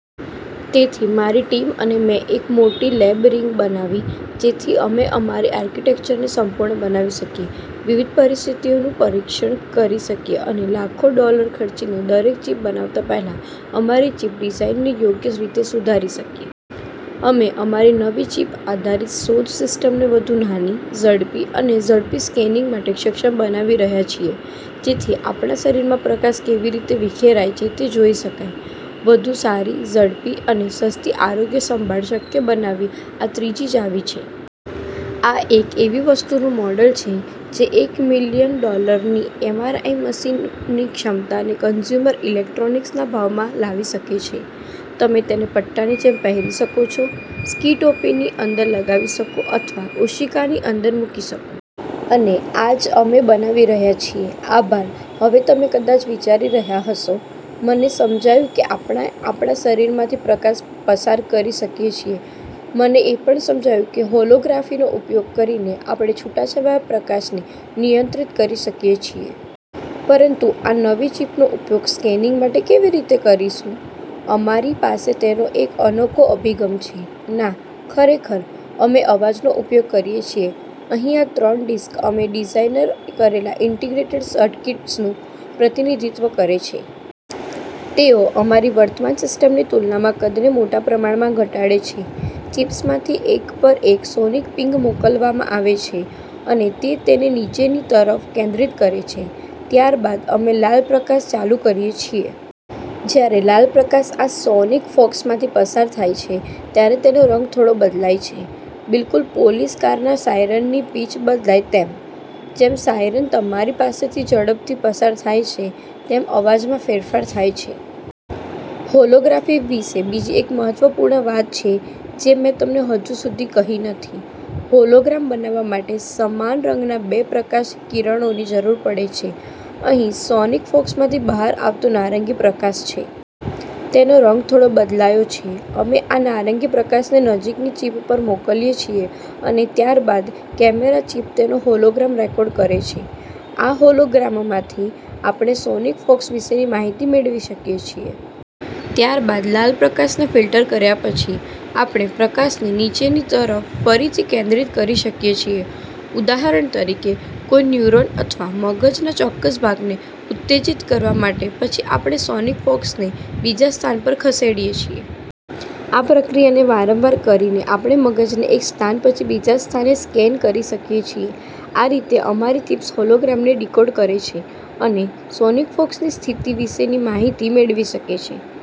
તેથી મારી ટીમ અને મેં એક મોટી લેબ રિગ બનાવી, જેથી અમે અમારી આર્કિટેક્ચરને સંપૂર્ણ બનાવી શકીએ, વિવિધ પરિસ્થિતિઓનું પરીક્ષણ કરી શકીએ અને લાખો ડોલર ખર્ચીને દરેક ચિપ બનાવતાં પહેલાં અમારી ચિપ ડિઝાઇનને યોગ્ય રીતે સુધારી શકીએ. અમે અમારી નવી ચિપ-આધારિત શોધ સિસ્ટમને વધુ નાની, ઝડપી અને ઝડપી સ્કેનિંગ માટે સક્ષમ બનાવી રહ્યા છીએ, જેથી આપણા શરીરમાં પ્રકાશ કેવી રીતે વિખેરાય છે તે જોઈ શકાય. વધુ સારી, ઝડપી અને સસ્તી આરોગ્યસંભાળ શક્ય બનાવવાની આ ત્રીજી ચાવી છે. આ એક એવી વસ્તુનું મોડેલ છે જે એક મિલિયન ડોલરની એમ આર આઈ મશીનની ક્ષમતાને કન્ઝ્યુમર ઇલેક્ટ્રોનિક્સના ભાવમાં લાવી શકે છે. તમે તેને પટ્ટાની જેમ પહેરી શકો, સ્કી ટોપીની અંદર લગાવી શકો અથવા ઓશીકાની અંદર મૂકી શકો. અને આ જ અમે બનાવી રહ્યા છીએ. આભાર! હવે તમે કદાચ વિચારી રહ્યા હશો, “મને સમજાયું કે આપણે આપણા શરીરમાંથી પ્રકાશ પસાર કરી શકીએ છીએ. મને એ પણ સમજાયું કે હોલોગ્રાફીનો ઉપયોગ કરીને આપણે છૂટાછવાયા પ્રકાશને નિયંત્રિત કરી શકીએ છીએ. પરંતુ આ નવી ચિપનો ઉપયોગ સ્કેનિંગ માટે કેવી રીતે કરીશું?” અમારી પાસે તેનો એક અનોખો અભિગમ છે. ના, ખરેખર, અમે અવાજનો ઉપયોગ કરીએ છીએ. અહીં આ ત્રણ ડિસ્ક અમે ડિઝાઇન કરેલા ઇન્ટિગ્રેટેડ સર્કિટ્સનું પ્રતિનિધિત્વ કરે છે. તેઓ અમારી વર્તમાન સિસ્ટમની તુલનામાં કદને મોટા પ્રમાણમાં ઘટાડે છે. ચિપ્સમાંથી એક પર એક સોનિક પિંગ મોકલવામાં આવે છે અને તે તેને નીચેની તરફ કેન્દ્રિત કરે છે. ત્યારબાદ અમે લાલ પ્રકાશ ચાલુ કરીએ છીએ. જ્યારે લાલ પ્રકાશ આ સોનિક ફોકસમાંથી પસાર થાય છે, ત્યારે તેનો રંગ થોડો બદલાય છે, બિલકુલ પોલીસ કારના સાયરનની પિચ બદલાય તેમ. જેમ સાયરન તમારી પાસેથી ઝડપથી પસાર થાય છે, તેમ અવાજમાં ફેરફાર થાય છે. હોલોગ્રાફી વિશે બીજી એક મહત્વપૂર્ણ વાત છે જે મેં તમને હજી સુધી કહી નથી. હોલોગ્રામ બનાવવા માટે સમાન રંગના બે પ્રકાશ કિરણોની જરૂર પડે છે. અહીં સોનિક ફોકસમાંથી બહાર આવતો નારંગી પ્રકાશ છે. તેનો રંગ થોડો બદલાયો છે. અમે આ નારંગી પ્રકાશને નજીકની ચિપ પર મોકલીએ છીએ અને ત્યારબાદ કેમેરા ચિપ તેનો હોલોગ્રામ રેકોર્ડ કરે છે. આ હોલોગ્રામમાંથી આપણે સોનિક ફોકસ વિશેની માહિતી મેળવી શકીએ છીએ. ત્યારબાદ, લાલ પ્રકાશને ફિલ્ટર કર્યા પછી, આપણે પ્રકાશને નીચેની તરફ ફરીથી કેન્દ્રિત કરી શકીએ છીએ, ઉદાહરણ તરીકે, કોઈ ન્યુરોન અથવા મગજના ચોક્કસ ભાગને ઉત્તેજિત કરવા માટે પછી આપણે સોનિક ફોકસને બીજા સ્થાન પર ખસેડીએ છીએ. આ પ્રક્રિયાને વારંવાર કરીને આપણે મગજને એક સ્થાન પછી બીજા સ્થાને સ્કેન કરી શકીએ છીએ. આ રીતે અમારી ચિપ્સ હોલોગ્રામને ડિકોડ કરે છે અને સોનિક ફોકસની સ્થિતિ વિશેની માહિતી મેળવી શકે છે.